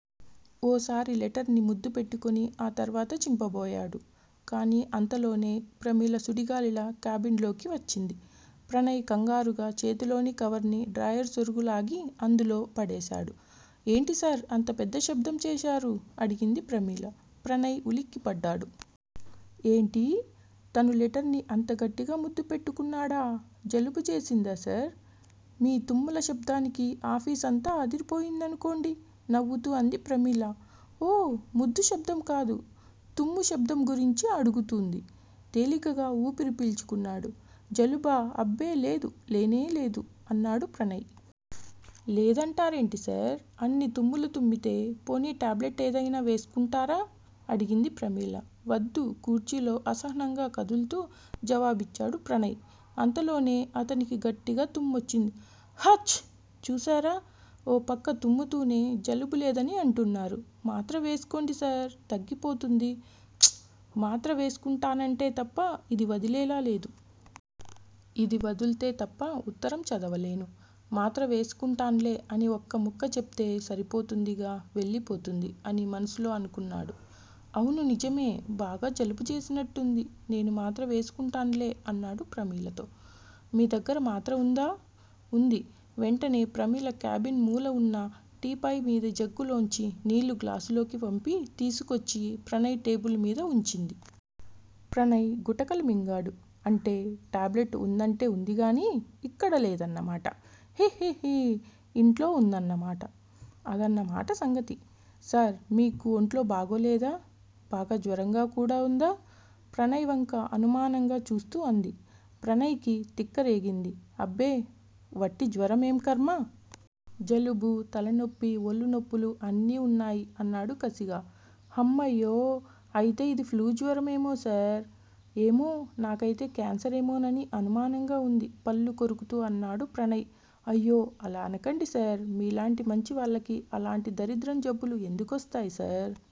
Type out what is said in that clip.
ఓసారి లెటర్ ని ముద్దు పెట్టుకుని ఆ తర్వాత చింపబోయాడు. కానీ అంతలోనే ప్రమీల సుడిగాలిలా కాబిన్ లోకి వచ్చింది. ప్రణయ్ కంగారుగా చేతిలోని కవర్ ని డ్రాయర్ సొరుగు లాగి అందులో పడేసాడు. ఏంటిసార్ అంత పెద్ద శబ్దం చేశారు? అడిగింది ప్రమీల. ప్రణయ్ ఉలిక్కిపడ్డాడు. ఏంటీ? తను లెటర్ ని అంత గట్టిగా ముద్దు పెట్టుకున్నాడా? జలుబు చేసిందా సార్? మీ తుమ్ముల శబ్దానికి ఆఫీసంతా అదిరి పోయిందనుకోండి నవ్వుతూ అంది ప్రమీల. ఓ. ముద్దు శబ్దం కాదు! తుమ్ము శబ్దం గురించి అడుగుతూంది. తేలికగా ఊపిరి పీల్చుకున్నాడు. జలుబా అబ్బే లేదు లేనే లేదు అన్నాడు ప్రణయ్. లేదంటారేంటిసార్. అన్ని తుమ్ములు తుమ్మితే పోనీ టాబ్లెట్ ఏదైనా వేస్కుంటారా? అడిగింది ప్రమీల. వద్దు కుర్చీలో అసహనంగా కదుల్తూ జవాబిచ్చాడు ప్రణయ్ అంతలోనే అతనికి గట్టిగా తుమ్మొచ్చింది. హాచ్! చూశారా? ఓ పక్క తుమ్ముతూనే జలుబు లేదని అంటున్నారు. మాత్ర వేస్కోండి సార్ తగ్గిపోతుంది. 'ప్చ్ మాత్ర వేస్కుంటానంటే తప్ప ఇది వదిలేలా లేదు. ఇది వదుల్తే తప్ప ఉత్తరం చదవలేను. మాత్ర వేస్కుంటాన్లే అని ఒక్క ముక్క చెప్తే సరిపోతుందిగా వెళ్ళిపోతుంది' అని మనసులో అనుకున్నాడు. అవును నిజమే! బాగా జలుబు చేసినట్టుంది నేను మాత్ర వేసుకుంటాన్లే అన్నాడు ప్రమీలతో. మీ దగ్గర మాత్ర వుందా? ఉంది. వెంటనే ప్రమీల క్యాబిన్ మూల వున్నా టీపాయ్ మీది జగ్గులోంచి నీళ్ళు గ్లాసులోకి ఒంపి తీసుకొచ్చి ప్రణయ్ టేబుల్ మీద వుంచింది. ప్రణయ్ గుటకలు మింగాడు. అంటే టాబ్లెట్ వుందంటే వుందిగానీ ఇక్కడ లేదన్నమాట! హి హిహి ఇంట్లో వుందన్నమాట! అదన్నమాట సంగతి. సార్ మీకు ఒంట్లో బాగోలేదా? బాగా జ్వరంగా కూడా వుందా? ప్రణయ్ వంక అనుమానంగా చూస్తూ అంది. ప్రణయ్ కి తిక్క రేగింది. అబ్బే వట్టి జ్వరం ఏం ఖర్మ. జలుబూ, తలనొప్పి, ఒళ్ళు నొప్పులూ అన్నీ వున్నాయి అన్నాడు కసిగా. హమ్మయ్యో అయితే ఇది ఫ్లూజ్వరం ఏమో సార్? ఏమో! నాకైతే క్యాన్సరేమోనని అనుమానంగా వుంది పళ్ళు కొరుకుతూ అన్నాడు ప్రణయ్. అయ్యో! అలా అనకండిసార్! మీలాంటి మంచివాళ్ళకి అలాంటి దరిద్రం జబ్బులు ఎందుకొస్తాయి సార్?